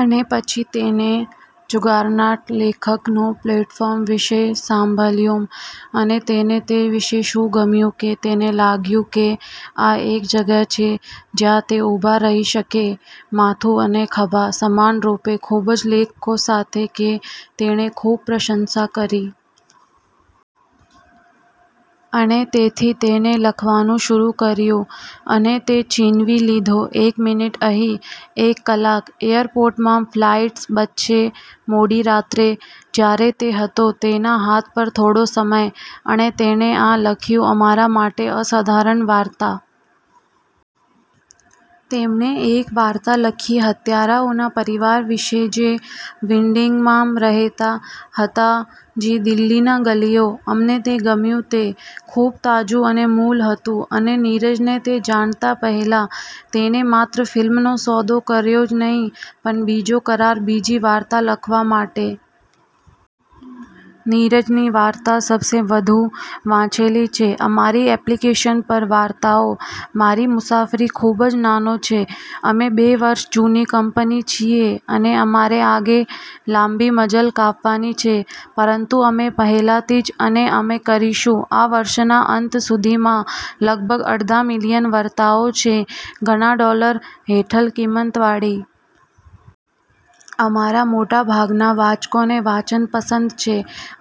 અને પછી તેણે જુગારનાટ લેખકનું પ્લેટફોર્મ વિશે સાંભળ્યું. અને તેને તે વિશે શું ગમ્યું કે તેને લાગ્યું કે આ એક જગ્યા છે જ્યાં તે ઉભા રહી શકે માથું અને ખભા, સમાનરૂપે, ખૂબ જ લેખકો સાથે કે તેણે ખૂબ પ્રશંસા કરી. અને તેથી તેણે લખવાનું શરૂ કર્યું. અને તે છીનવી લીધો એક મિનિટ અહીં, એક કલાક, એરપોર્ટમાં ફ્લાઇટ્સ વચ્ચે, મોડી રાત્રે, જ્યારે તે હતો તેના હાથ પર થોડો સમય. અને તેણે આ લખ્યું અમારા માટે અસાધારણ વાર્તા. તેમણે એક વાર્તા લખી હત્યારાઓના પરિવાર વિશે જે વિન્ડિંગમાં રહેતા હતા જૂની દિલ્હીની ગલીઓ. અમને તે ગમ્યું, તે ખૂબ તાજું અને મૂળ હતું. અને નીરજને તે જાણતા પહેલા, તેણે માત્ર ફિલ્મનો સોદો કર્યો જ નહીં પણ બીજો કરાર બીજી વાર્તા લખવા માટે. નીરજની વાર્તા સૌથી વધુ વાંચેલી છે અમારી એપ્લિકેશન પર વાર્તાઓ. મારી મુસાફરી ખૂબ જ નાનો છે. અમે બે વર્ષ જૂની કંપની છીએ, અને અમારે આગળ લાંબી મજલ કાપવાની છે. પરંતુ અમે પહેલાથી જ, અને અમે કરીશું આ વર્ષના અંત સુધીમાં, લગભગ અડધા મિલિયન વાર્તાઓ છે, ઘણા ડોલર હેઠળ કિંમતવાળી. અમારા મોટાભાગના વાચકોને વાંચન પસંદ છે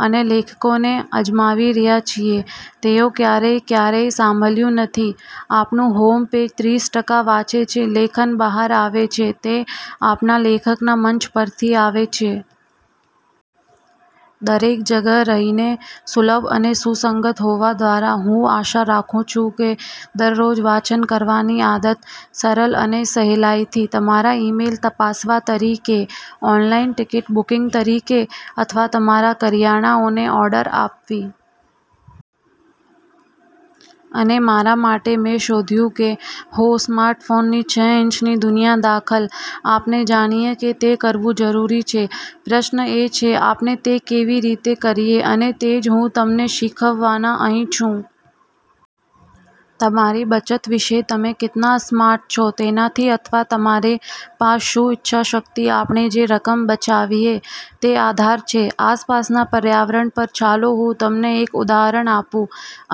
અને લેખકોને અજમાવી રહ્યા છીએ તેઓ ક્યારેય ક્યારેય સાંભળ્યું નથી. આપણું હોમ પેજ ત્રીસ ટકા વાંચે છે લેખન બહાર આવે છે તે આપણા લેખકના મંચ પરથી આવે છે. દરેક જગ્યાએ રહીને, સુલભ અને સુસંગત હોવા દ્વારા, હું આશા રાખું છું કે દરરોજ વાંચન કરવાની આદત, સરળ અને સહેલાઇથી તમારા ઇમેઇલ તપાસવા તરીકે, ઓનલાઇન ટિકિટ બુકિંગ તરીકે અથવા તમારી કરિયાણાઓને ઓર્ડર આપવી. અને મારા માટે, મે શોધ્યું કે હું સ્માર્ટફોનની છ ઇંચની દુનિયા દાખલ। આપણે જાણીએ કે તે કરવું જરૂરી છે. પ્રશ્ન એ છે: આપણે તે કેવી રીતે કરીએ? અને તેજ હું તમને શીખવવાના અહીં છું. તમારી બચત વિશે તમે કેટલા સ્માર્ટ છો તેનથી અથવા તમારી પાસે શું ઈચ્છાશક્તિ આપણે જે રકમ બચાવીએ, તે આધાર છે આસપાસના પર્યાવરણ પર. ચાલો હું તમને એક ઉદાહરણ આપું.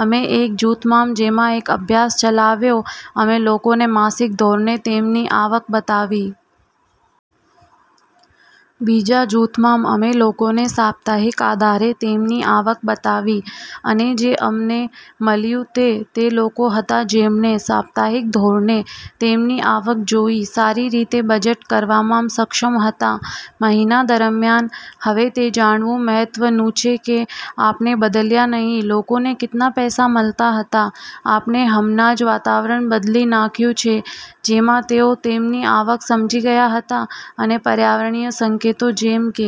અમે એક જૂથમાં જેમાં એક અભ્યાસ ચલાવ્યો, અમે લોકોને માસિક ધોરણે તેમની આવક બતાવી. બીજા જૂથમાં, અમે લોકોને સાપ્તાહિક આધારે તેમની આવક બતાવી. અને જે અમને મળ્યું તે તે લોકો હતા જેમણે સાપ્તાહિક ધોરણે તેમની આવક જોઇ સારી રીતે બજેટ કરવામાં સક્ષમ હતા મહિના દરમ્યાન. હવે, તે જાણવું મહત્વ નુછે કે આપણે બદલાયા નહીં લોકોને કેટલા પૈસા મળતા હતા, આપણે હમણાં જ વાતાવરણ બદલી નાખ્યું છે જેમાં તેઓ તેમની આવક સમજી ગયા હતા. અને પર્યાવરણીય સંકેતો જેમ કે